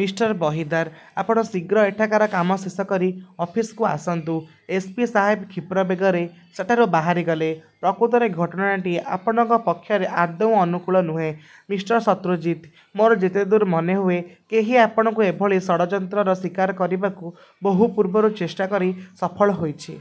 Mister Bahidar, ଆପଣ ଶୀଘ୍ର ଏଠାକାର କାମ ଶେଷ କରି ଅଫିସକୁ ଆସନ୍ତୁ। ଏସ. ପି. ସାହେବ କ୍ଷିପ୍ରବେଗରେ ସେଠାରୁ ବାହାରିଗଲେ। ପ୍ରକୃତରେ ଘଟଣାଟି ଆପଣଙ୍କ ପକ୍ଷରେ ଆଦୌ ଅନୁକୂଳ ନୁହେଁ, ମିଷ୍ଟର ଶତ୍ରୁଜିତ୍! ମୋର ଯେତେଦୂର ମନେହୁଏ କେହି ଆପଣଙ୍କୁ ଏଭଳି ଷଡ଼ଯନ୍ତ୍ରର ଶିକାର କରିବାକୁ ବହୁ ପୂର୍ବରୁ ଚେଷ୍ଟା କରି ସଫଳ ହୋଇଛି।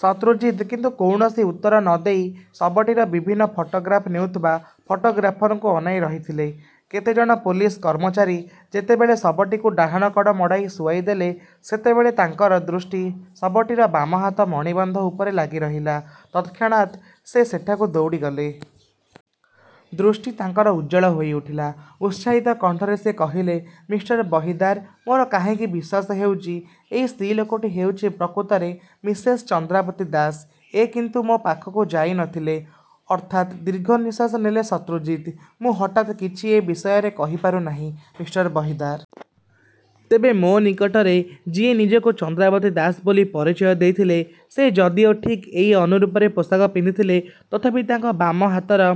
ଶତ୍ରୁଜିତ୍ କିନ୍ତୁ କୌଣସି ଉତ୍ତର ନ ଦେଇ ଶବଟିର ବିଭିନ୍ନ ଫଟୋଗ୍ରାଫ ନେଉଥିବା ଫଟୋଗ୍ରାଫ୍ରଙ୍କୁ ଅନାଇ ରହିଥିଲେ। କେତେଜଣ ପୋଲିସ କର୍ମଚାରୀ ଯେତେବେଳେ ଶବଟିକୁ ଡାହାଣ କଡ଼ ମଡ଼ାଇ ଶୁଆଇଦେଲେ, ସେତେବେଳେ ତାଙ୍କର ଦୃଷ୍ଟି ଶବଟିର ବାମହାତ ମଣିବନ୍ଧ ଉପରେ ଲାଗିରହିଲା। ତତ୍କ୍ଷଣାତ୍ ସେ ସେଠାକୁ ଦୌଡ଼ିଗଲେ।। ଦୃଷ୍ଟି ତାଙ୍କର ଉଜ୍ୱଳ ହୋଇଉଠିଲା। ଉତ୍ସାହିତ କଣ୍ଠରେ ସେ କହିଲେ—ମିଷ୍ଟର ବହିଦାର, ମୋର କାହିଁକି ବିଶ୍ୱାସ ହେଉଛି ଏଇ ସ୍ତ୍ରୀଲୋକଟି ହେଉଛି ପ୍ରକୃତରେ ମିସେସ୍ ଚନ୍ଦ୍ରାବତୀ ଦାସ। ଏ କିନ୍ତୁ ମୋ ପାଖକୁ ଯାଇ ନ ଥିଲେ। ଅର୍ଥାତ୍? ଦୀର୍ଘନିଶ୍ୱାସ ନେଲେ ଶତ୍ରୁଜିତ୍—ମୁଁ ହଠାତ୍ କିଛି ଏ ବିଷୟରେ କହିପାରୁ ନାହିଁ, ମିଷ୍ଟର ବହିଦାର! ତେବେ ମୋ ନିକଟରେ ଯିଏ ନିଜକୁ ଚନ୍ଦ୍ରାବତୀ ଦାସ ବୋଲି ପରିଚୟ ଦେଇଥିଲେ ସେ ଯଦିଓ ଠିକ୍ ଏଇ ଅନୁରୂପରେ ପୋଷାକ ପିନ୍ଧିଥିଲେ ତଥାପି ତାଙ୍କ ବାମ ହାତର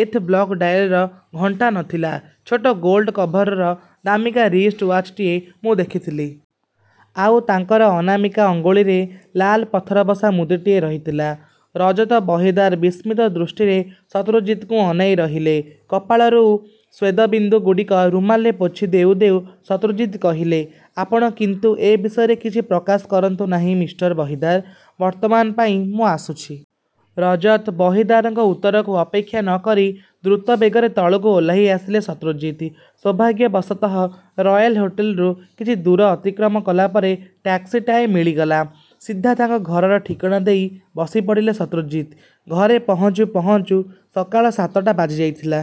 ଏଥ ବ୍ଲକ ଡାଏଲର ଘଣ୍ଟା ନ ଥିଲା। ଛୋଟ ଗୋଲ୍ଡ କଭରର ଦାମିକା ରିଷ୍ଟ ଓ୍ୟାଚଟିଏ ମୁଁ ଦେଖିଥିଲି। ଆଉ ତାଙ୍କର ଅନାମିକା ଅଙ୍ଗୁଳିରେ ଲାଲ ପଥରବସା ମୁଦିଟିଏ ରହିଥିଲା। ରଜତ ବହିଦାର ବିସ୍ମିତ ଦୃଷ୍ଟିରେ ଶତ୍ରୁଜିତଙ୍କୁ ଅନାଇ ରହିଲେ। କପାଳରୁ ସ୍ୱେନ୍ଦବିନ୍ଦୁଗୁଡ଼ିକ ରୁମାଲରେ ପୋଛି ଦେଉ ଦେଉ ଶତ୍ରୁଜିତ୍ କହିଲେ—ଆପଣ କିନ୍ତୁ ଏ ବିଷୟରେ କିଛି ପ୍ରକାଶ କରନ୍ତୁ ନାହିଁ, ମିଷ୍ଟର ବହିଦାର! ବର୍ତ୍ତମାନ ପାଇଁ ମୁଁ ଆସୁଛି। ରଜତ ବହିଦାରଙ୍କ ଉତ୍ତରକୁ ଅପେକ୍ଷା ନ କରି ଦ୍ରୁତବେଗରେ ତଳକୁ ଓହ୍ଳାଇ ଆସିଲେ ଶତ୍ରୁଜିତ୍। ସୌଭାଗ୍ୟବଶତଃ ରୟେଲ ହୋଟଲରୁ କିଛିଦୂର ଅତିକ୍ରମ କଲା ପରେ ଟ୍ୟାକ୍ସିଟାଏ ମିଳିଗଲା। ସିଧା ତାଙ୍କ ଘରର ଠିକଣା ଦେଇ ବସିପଡ଼ିଲେ ଶତ୍ରୁଜିତ୍। ଘରେ ପହଞ୍ଚୁ ପହଞ୍ଚୁ ସକାଳ ସାତଟା ବାଜିଯାଇଥିଲା।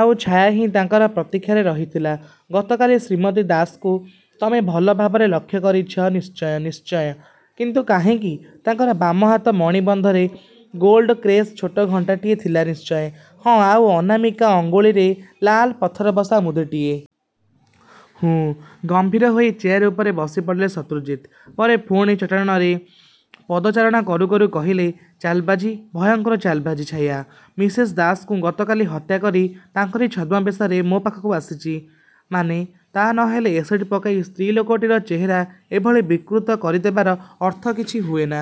ଆଉ ଛାୟା ହିଁ ତାଙ୍କର ପ୍ରତୀକ୍ଷାରେ ରହିଥିଲା। ଗତକାଲି ଶ୍ରୀମତୀ ଦାସଙ୍କୁ ତମେ ଭଲ ଭାବରେ ଲକ୍ଷ୍ୟ କରିଛ, ନିଶ୍ଚୟ? ନିଶ୍ଚୟ.. କିନ୍ତୁ କାହିଁକି? ତାଙ୍କର ବାମହାତ ମଣିବନ୍ଧରେ ଗୋଲଡ୍ କେସ୍ର ଛୋଟ ଘଣ୍ଟାଟିଏ ଥିଲା ନିଶ୍ଚୟ? ହଁ। ଆଉ ଅନାମିକା ଅଙ୍ଗୁଳିରେ? ଲାଲ ପଥରବସା ମୁଦିଟିଏ। ହୁଁ... ଗମ୍ଭୀର ହୋଇ ଚେୟାର ଉପରେ ବସିପଡ଼ିଲେ ଶତ୍ରୁଜିତ୍। ପରେ ପୁଣି ଚଟାଣରେ ପଦାଚାରଣ କରୁକରୁ କହିଲେ—ଚାଲବାଜି, ଭୟଙ୍କର ଚାଲବାଜି, ଛାୟା! ମିସେସ୍ ଦାସଙ୍କୁ ଗତକାଲି ହତ୍ୟା କରି ତାଙ୍କରି ଛଦ୍ମବେଶରେ ମୋ ପାଖକୁ ଆସିଛି। ମାନେ? ତା' ନ ହେଲେ ଏସିଡ୍ପକାଇ ସ୍ତ୍ରୀଲୋକଟିର ଚେହେରା ଏଭଳି ବିକୃତ କରିଦେବାର ଅର୍ଥ କିଛି ହୁଏନା।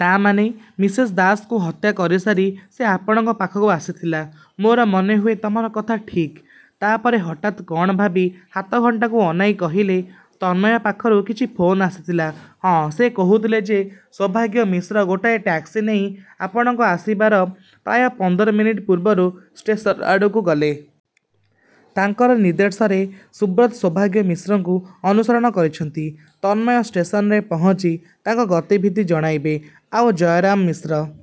ତା' ମାନେ, ମିସେସ୍ ଦାସଙ୍କୁ ହତ୍ୟା କରିସାରି ସେ ଆପଣଙ୍କ ପାଖକୁ ଆସିଥିଲା। ମୋର ମନେହୁଏ ତମର କଥା ଠିକ୍। ତା'ପରେ ହଠାତ୍ କ'ଣ ଭାବି ହାତଘଣ୍ଟାକୁ ଅନାଇ କହିଲେ—ତନ୍ମୟ ପାଖରୁ କିଛି ଫୋନ୍ ଆସିଥିଲା? ହଁ, ସେ କହୁଥିଲେ ଯେ ସୌଭାଗ୍ୟ ମିଶ୍ର ଗୋଟାଏ ଟ୍ୟାକ୍ସି ନେଇ ଆପଣଙ୍କ ଆସିବାର ପ୍ରାୟ ପନ୍ଦର ମିନିଟ୍ ପୂର୍ବରୁ ଷ୍ଟେସନ ଆଡ଼କୁ ଗଲେ। ତାଙ୍କର ନିର୍ଦ୍ଦେଶରେ ସୁବ୍ରତ ସୌଭାଗ୍ୟ ମିଶ୍ରଙ୍କୁ ଅନୁସରଣ କରିଛନ୍ତି। ତନ୍ମୟ ଷ୍ଟେସନରେ ପହଞ୍ଚି ତାଙ୍କର ଗତିବିଧି ଜଣାଇବେ-। ଆଉ ଜୟରାମ ମିଶ୍ର?